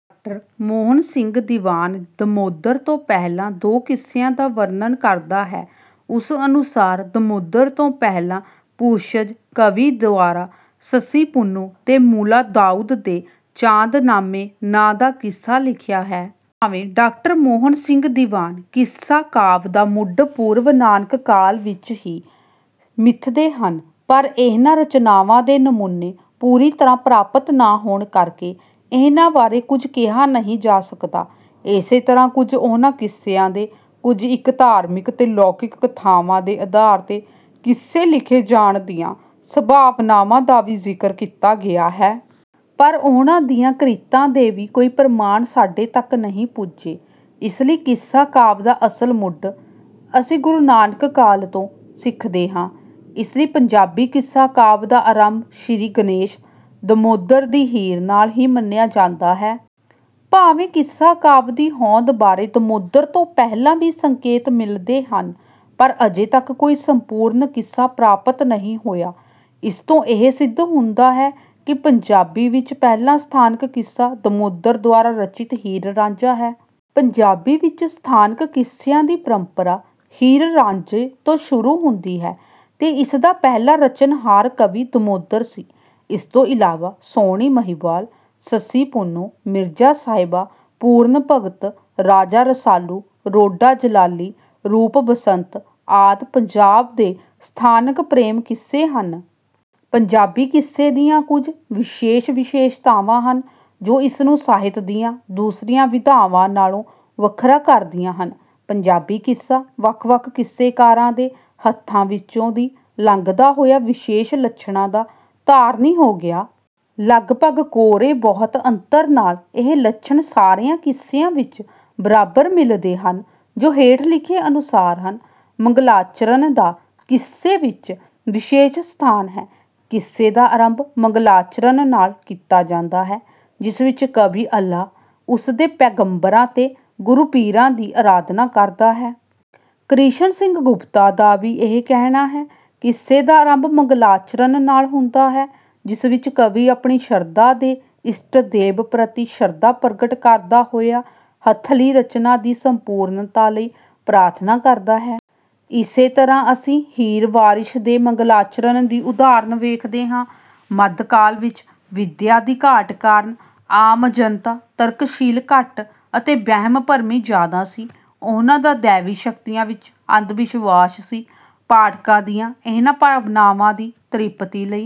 ਡਾ. ਮੋਹਨ ਸਿੰਘ ਦੀਵਾਨ ਦਮੋਦਰ ਤੋਂ ਪਹਿਲਾਂ ਦੋ ਕਿੱਸਿਆਂ ਦਾ ਵਰਣਨ ਕਰਦਾ ਹੈ। ਉਸ ਅਨੁਸਾਰ, ਦਮੋਦਰ ਤੋਂ ਪਹਿਲਾਂ ਪੁਸ਼ਯ ਕਵੀ ਦੁਆਰਾ ‘ਸੱਸੀ-ਪੁੰਨੂੰ’ ਤੇ ਮੁਲਾ ਦਾਊਦ ਦੇ ‘ਚਾਂਦ ਨਾਮੇ’ ਨਾਂ ਦਾ ਕਿੱਸਾ ਲਿਖਿਆ ਹੈ। ਭਾਵੇਂ ਡਾ. ਮੋਹਨ ਸਿੰਘ ਦੀਵਾਨ ਕਿੱਸਾ-ਕਾਵਿ ਦਾ ਮੁੱਢ ਪੂਰਵ-ਨਾਨਕ ਕਾਲ ਵਿੱਚ ਹੀ ਮਿਥਦੇ ਹਨ, ਪਰ ਇਹਨਾਂ ਰਚਨਾਵਾਂ ਦੇ ਨਮੂਨੇ ਪੂਰੀ ਤਰ੍ਹਾਂ ਪ੍ਰਾਪਤ ਨਾ ਹੋਣ ਕਰਕੇ ਇਹਨਾਂ ਬਾਰੇ ਕੁਝ ਕਿਹਾ ਨਹੀਂ ਜਾ ਸਕਦਾ। ਏਸੇ ਤਰ੍ਹਾਂ ਕੁਝ ਉਹਨਾਂ ਕਿੱਸਿਆਂ ਦੇ, ਕੁਝ ਇੱਕ ਧਾਰਮਿਕ ਤੇ ਲੋਕਿਕ ਕਥਾਵਾਂ ਦੇ ਆਧਾਰ ’ਤੇ, ਕਿੱਸੇ ਲਿਖੇ ਜਾਣ ਦੀਆਂ ਸੰਭਾਵਨਾਵਾਂ ਦਾ ਵੀ ਜ਼ਿਕਰ ਕੀਤਾ ਗਿਆ ਹੈ। ਪਰ ਉਹਨਾਂ ਦੀਆਂ ਕ੍ਰਿਤਾਂ ਦੇ ਵੀ ਕੋਈ ਪ੍ਰਮਾਣ ਸਾਡੇ ਤੱਕ ਨਹੀਂ ਪੁੱਜੇ। ਇਸ ਲਈ ਕਿੱਸਾ-ਕਾਵਿ ਦਾ ਅਸਲ ਮੁੱਢ ਅਸੀਂ ਗੁਰੂ ਨਾਨਕ ਕਾਲ ਤੋਂ ਸਿੱਖਦੇ ਹਾਂ। ਇਸ ਲਈ ਪੰਜਾਬੀ ਕਿੱਸਾ-ਕਾਵਿ ਦਾ ਆਰੰਭ ਸ੍ਰੀ ਗਣੇਸ਼, ਦਮੋਦਰ ਦੀ ਹੀਰ ਨਾਲ ਹੀ ਮੰਨਿਆ ਜਾਂਦਾ ਹੈ। ਭਾਵੇਂ ਕਿੱਸਾ-ਕਾਵਿ ਦੀ ਹੋਂਦ ਬਾਰੇ ਦਮੋਦਰ ਤੋਂ ਪਹਿਲਾਂ ਵੀ ਸੰਕੇਤ ਮਿਲਦੇ ਹਨ, ਪਰ ਅਜੇ ਤੱਕ ਕੋਈ ਸੰਪੂਰਨ ਕਿੱਸਾ ਪ੍ਰਾਪਤ ਨਹੀਂ ਹੋਇਆ। ਇਸ ਤੋਂ ਇਹ ਸਿੱਧ ਹੁੰਦਾ ਹੈ ਕਿ ਪੰਜਾਬੀ ਵਿੱਚ ਪਹਿਲਾ ਸਥਾਨਕ ਕਿੱਸਾ ਦਮੋਦਰ ਦੁਆਰਾ ਰਚਿਤ ‘ਹੀਰ-ਰਾਂਝਾ’ ਹੈ। “ਪੰਜਾਬੀ ਵਿੱਚ ਸਥਾਨਕ ਕਿੱਸਿਆਂ ਦੀ ਪਰੰਪਰਾ ‘ਹੀਰ-ਰਾਂਝਾ’ ਤੋਂ ਸ਼ੁਰੂ ਹੁੰਦੀ ਹੈ ਤੇ ਇਸ ਦਾ ਪਹਿਲਾ ਰਚਨਹਾਰ ਕਵੀ ਦਮੋਦਰ ਸੀ। ਇਸ ਤੋਂ ਇਲਾਵਾ ‘ਸੋਹਣੀ-ਮਹੀਂਵਾਲ’, ‘ਸੱਸੀ-ਪੁੰਨੂੰ’, ‘ਮਿਰਜ਼ਾ-ਸਾਹਿਬਾਂ’, ‘ਪੂਰਨ ਭਗਤ’, ‘ਰਾਜਾ ਰਸਾਲੂ’, ‘ਰੋਡਾ ਜਲਾਲੀ’, ‘ਰੂਪ-ਬਸੰਤ’ ਆਦਿ ਪੰਜਾਬ ਦੇ ਸਥਾਨਕ ਪ੍ਰੇਮ-ਕਿੱਸੇ ਹਨ।” ਪੰਜਾਬੀ ਕਿੱਸੇ ਦੀਆਂ ਕੁਝ ਵਿਸ਼ੇਸ਼ ਵਿਸ਼ੇਸ਼ਤਾਵਾਂ ਹਨ, ਜੋ ਇਸ ਨੂੰ ਸਾਹਿਤ ਦੀਆਂ ਦੂਸਰੀਆਂ ਵਿਧਾਵਾਂ ਨਾਲੋਂ ਵੱਖਰਾ ਕਰਦੀਆਂ ਹਨ। ਪੰਜਾਬੀ ਕਿੱਸਾ ਵੱਖ-ਵੱਖ ਕਿੱਸਾਕਾਰਾਂ ਦੇ ਹੱਥਾਂ ਵਿੱਚੋਂ ਦੀ ਲੰਘਦਾ ਹੋਇਆ ਵਿਸ਼ੇਸ਼ ਲੱਛਣਾਂ ਦਾ ਧਾਰਨੀ ਹੋ ਗਿਆ। ਲਗਭਗ ਕੋਰੇ-ਬਹੁਤੇ ਅੰਤਰ ਨਾਲ ਇਹ ਲੱਛਣ ਸਾਰਿਆਂ ਕਿੱਸਿਆਂ ਵਿੱਚ ਬਰਾਬਰ ਮਿਲਦੇ ਹਨ, ਜੋ ਹੇਠ ਲਿਖੇ ਅਨੁਸਾਰ ਹਨ: ਮੰਗਲਾਚਰਣ ਦਾ ਕਿੱਸੇ ਵਿੱਚ ਵਿਸ਼ੇਸ਼ ਸਥਾਨ ਹੈ। ਕਿੱਸੇ ਦਾ ਆਰੰਭ ਮੰਗਲਾਚਰਣ ਨਾਲ ਕੀਤਾ ਜਾਂਦਾ ਹੈ, ਜਿਸ ਵਿੱਚ ਕਵੀ ਅੱਲਾਹ, ਉਸ ਦੇ ਪੈਗੰਬਰਾਂ ਤੇ ਗੁਰੂ-ਪੀਰਾਂ ਦੀ ਅਰਾਧਨਾ ਕਰਦਾ ਹੈ। ਕਿਸ਼ਨ ਸਿੰਘ ਗੁਪਤਾ ਦਾ ਵੀ ਇਹ ਕਹਿਣਾ ਹੈ, “ਕਿੱਸੇ ਦਾ ਆਰੰਭ ਮੰਗਲਾਚਰਣ ਨਾਲ ਹੁੰਦਾ ਹੈ, ਜਿਸ ਵਿੱਚ ਕਵੀ ਆਪਣੀ ਸ਼ਰਧਾ ਦੇ ਇਸ਼ਟਦੇਵ ਪ੍ਰਤੀ ਸ਼ਰਧਾ ਪ੍ਰਗਟ ਕਰਦਾ ਹੋਇਆ ਹੱਥਲੀ ਰਚਨਾ ਦੀ ਸੰਪੂਰਨਤਾ ਲਈ ਪ੍ਰਾਰਥਨਾ ਕਰਦਾ ਹੈ।” ਇਸੇ ਤਰ੍ਹਾਂ ਅਸੀਂ ‘ਹੀਰ ਵਾਰਿਸ’ ਦੇ ਮੰਗਲਾਚਰਣ ਦੀ ਉਦਾਹਰਨ ਵੇਖਦੇ ਹਾਂ। ਮੱਧਕਾਲ ਵਿੱਚ ਵਿੱਦਿਆ ਦੀ ਘਾਟ ਕਾਰਣ ਆਮ ਜਨਤਾ ਤਰਕਸ਼ੀਲ ਘੱਟ ਅਤੇ ਵਹਿਮ-ਭਰਮੀ ਜ਼ਿਆਦਾ ਸੀ। ਉਹਨਾਂ ਦਾ ਦੈਵੀ ਸ਼ਕਤੀਆਂ ਵਿੱਚ ਅੰਧਵਿਸ਼ਵਾਸ ਸੀ। ਪਾਠਕਾਂ ਦੀਆਂ ਇਹਨਾਂ ਭਾਵਨਾਵਾਂ ਦੀ ਤ੍ਰਿਪਤੀ ਲਈ...